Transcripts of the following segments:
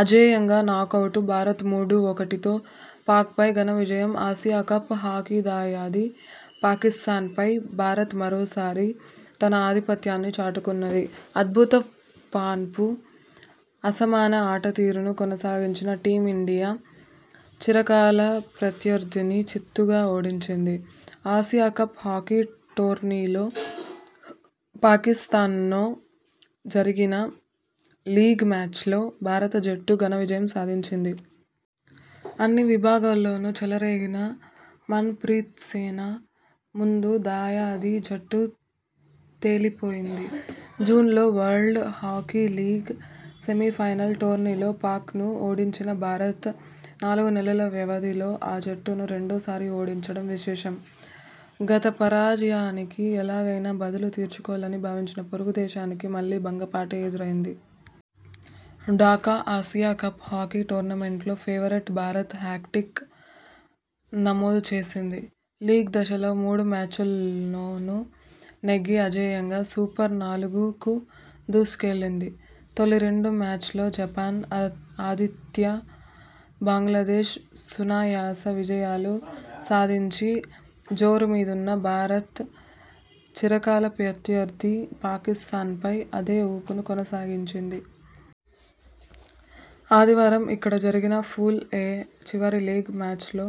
అజేయంగా నాకౌట్కు భారత్ మూడు - ఒకటితో పాక్పై ఘన విజయం ఆసియా కప్ హాకీదాయాది పాకిస్థాన్పై భారత్ మరోసారి తన ఆధిపత్యాన్ని చాటుకున్నది! అద్భుత ఫామ్ను.. అసమాన ఆటతీరును కొనసాగించిన టీమిండియా చిరకాల ప్రత్యర్థిని చిత్తుగా ఓడించింది. ఆసియాకప్ హాకీ టోర్నీలో పాకిస్థాన్తో జరిగిన లీగ్ మ్యాచ్లో భారత జట్టు ఘన విజయం సాధించింది. అన్ని విభాగాల్లోనూ చెలరేగిన మన్ ప్రీత్ సేన ముందు దాయాది జట్టు తేలిపోయింది! జూన్లో వరల్డ్ హాకీ లీగ్ సెమీఫైనల్ టోర్నీలో పాక్ను ఓడించిన భారత్ నాలుగు నెలల వ్యవధిలో ఆ జట్టును రెండోసారి ఓడించడం విశేషం! గత పరాజయానికి ఎలాగైనా బదులు తీర్చుకోవాలని భావించిన పొరుగు దేశానికి మళ్లీ భంగపాటే ఎదురైంది! ఢాకా ఆసియా కప్ హాకీ టోర్నమెంట్లో ఫేవరెట్ భారత్ హ్యాట్రిక్ నమోదు చేసింది. లీగ్ దశలో మూడు మ్యాచ్ల్లోనూ నెగ్గి అజేయంగా సూపర్-నాలుగుకు దూసుకెళ్లింది. తొలి రెండు మ్యాచ్ల్లో జపాన్, ఆతిథ్య బంగ్లాదేశ్ సునాయాస విజయాలు సాధించి జోరు మీదున్న భారత్.. చిరకాల ప్రత్యర్థి పాకిస్థాన్పై అదే ఊపును కొనసాగించింది. ఆదివారం ఇక్కడ జరిగిన పూల్-ఎ చివరి లీగ్ మ్యాచ్లో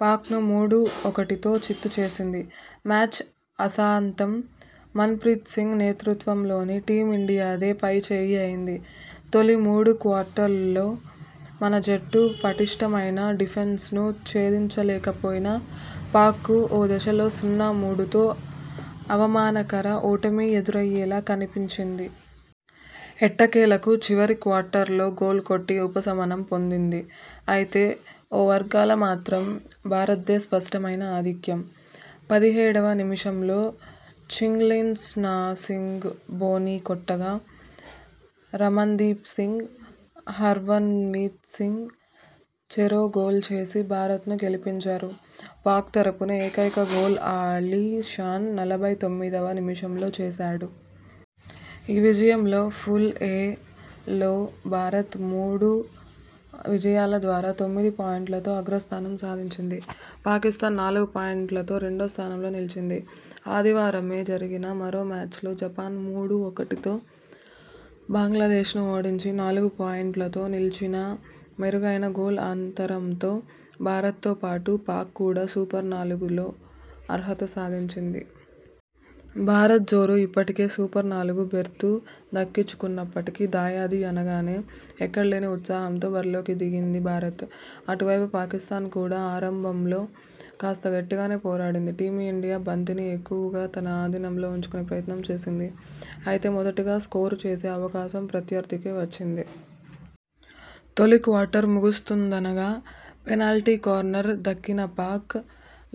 పాక్ను మూడు-ఒకటితో చిత్తు చేసింది. మ్యాచ్ ఆసాంతం మన్ ప్రీత్ సింగ్ నేతృత్వంలోని టీమిండియాదే పైచేయి అయింది. తొలి మూడు క్వార్టర్స్లో మన జట్టు పటిష్టమైన డిఫెన్స్ను ఛేదించలేకపోయిన పాక్కు ఓ దశలో సున్నా-మూడుతో అవమానకర ఓటమి ఎదురయ్యేలా కనిపించింది. ఎట్టకేలకు చివరి క్వార్టర్లో గోల్ కొట్టి ఉపశమనం పొందింది. అయితే, ఓవరాల్గా మాత్రం భారత్దే స్పష్టమైన ఆధిక్యం! పదిహేడవ నిమిషంలో చింగ్లేన్సనా సింగ్ బోణీ కొట్టగా, రమణ్దీప్ సింగ్, హర్మన్ప్రీత్ సింగ్ చెరో గోల్ చేసి భారత్ను గెలిపించారు. పాక్ తరపున ఏకైక గోల్ అలీ షాన్ నలభై తొమ్మిదివ నిమిషంలో చేశాడు. ఈ విజయంతో పూల్-ఎలో భారత్ మూడు విజయాల ద్వారా తొమ్మిది పాయింట్లతో అగ్రస్థానం సాధించింది. పాకిస్థాన్ నాలుగు పాయింట్లతో రెండో స్థానంలో నిలిచింది. ఆదివారమే జరిగిన మరో మ్యాచ్లో జపాన్ మూడు-ఒకటితో బంగ్లాదేశ్ను ఓడించి నాలుగు పాయింట్లతో నిలిచినామెరుగైన గోల్ అంతరంతో భారత్తో పాటు పాక్ కూడా సూపర్-నాలుగుకు అర్హత సాధించింది. భారత్ జోరు ఇప్పటికే సూపర్-నాలుగు బెర్తు దక్కించుకున్నప్పటికీ.. దాయాది అనగానే ఎక్కడలేని ఉత్సాహంతో బరిలోకి దిగింది భారత్. అటువైపు పాకిస్థాన్ కూడా ఆరంభంలో కాస్త గట్టిగానే పోరాడింది. టీమిండియా బంతిని ఎక్కువగా తన అధీనంలో ఉంచుకునే ప్రయత్నం చేసింది. అయితే, మొదటగా స్కోరు చేసే అవకాశం ప్రత్యర్థికే వచ్చింది. తొలి క్వార్టర్ ముగుస్తుందనగా పెనాల్టీ కార్నర్ దక్కినాపాక్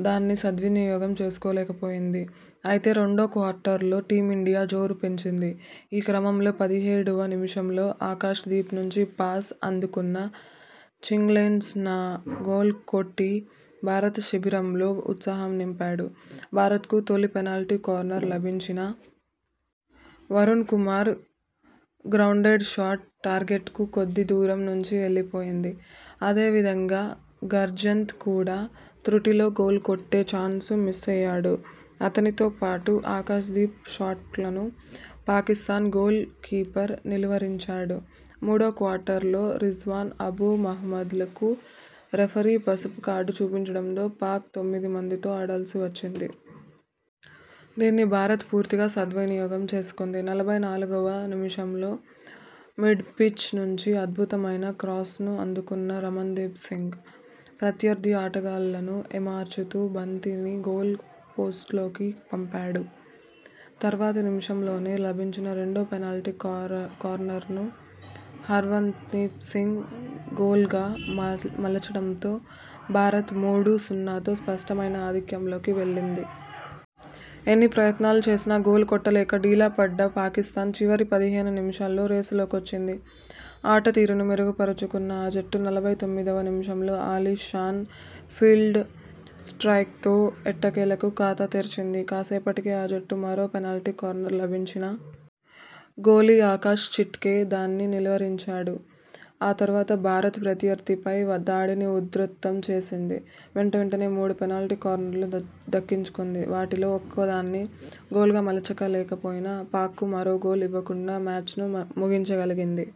దాన్ని సద్వినియోగం చేసుకోలేకపోయింది. అయితే, రెండో క్వార్టర్లో టీమిండియా జోరు పెంచింది. ఈ క్రమంలో పదిహేడువ నిమిషంలో ఆకాశ్ దీప్ నుంచి పాస్ అందుకున్న చింగ్లేన్సనా గోల్ కొట్టి భారత శిబిరంలో ఉత్సాహం నింపాడు. భారత్కు తొలి పెనాల్టీ కార్నర్ లభించినా.. వరుణ్ కుమార్ గ్రౌండెడ్ షాట్ టార్గెట్కు కొద్ది దూరం నుంచి వెళ్లిపోయింది. అదే విధంగా గుర్జన్త్ కూడా తృటిలో గోల్ కొట్టే చాన్స్ను మిస్సయ్యాడు. అతనితో పాటు ఆకాశ్ దీప్ షాట్లను పాకిస్థాన్ గోల్ కీపర్ నిలువరించాడు. మూడో క్వార్టర్లో రిజ్వాన్, అబూ మహమ్మద్లకు రెఫరీ పసుపు కార్డు చూపడంతో పాక్ తొమ్మిది మందితో ఆడాల్సి వచ్చింది. దీన్ని భారత్ పూర్తిగా సద్వినియోగం చేసుకుంది. నలభై నాలుగువ నిమిషంలో మిడ్ పిచ్ నుంచి అద్భుతమైన క్రాస్ను అందుకున్న రమణ్దీప్ సింగ్. ప్రత్యర్థి ఆటగాళ్లను ఏమార్చుతూ బంతిని గోల్ పోస్ట్ లోకి పంపాడు. తర్వాతి నిమిషంలోనే లభించిన రెండో పెనాల్టీ కార్నర్ను హర్మన్ప్రీత్ సింగ్ గోల్గా మలచడంతో భారత్ మూడు-సున్నాతో స్పష్టమైన ఆధిక్యంలోకి వెళ్లింది. ఎన్ని ప్రయత్నాలు చేసినా గోల్ కొట్టలేక డీలా పడ్డ పాకిస్థాన్ చివరి పదిహేను నిమిషాల్లో రేసులోకొచ్చింది. ఆట తీరును మెరుగుపరుచుకున్న ఆ జట్టు నలభై తొమ్మిదివ నిమిషంలో అలీ షాన్ ఫీల్డ్ స్ట్రయిక్తో ఎట్టకేలకు ఖాతా తెరిచింది. కాసేపటికే ఆ జట్టుకు మరో పెనాల్టీ కార్నర్ లభించినా. గోలీ ఆకాశ్ చిక్టే దాన్ని నిలువరించాడు. ఆ తర్వాత భారత్ ప్రత్యర్థిపై దాడిని ఉధృతం చేసింది. వెంటవెంటనే మూడు పెనాల్టీ కార్నర్లు దక్కించుకుంది. వాటిలో ఒక్కదాన్నీ గోల్గా మలచలేకపోయినా.. పాక్కు మరో గోల్ ఇవ్వకుండా మ్యాచ్ను ముగించగలిగింది.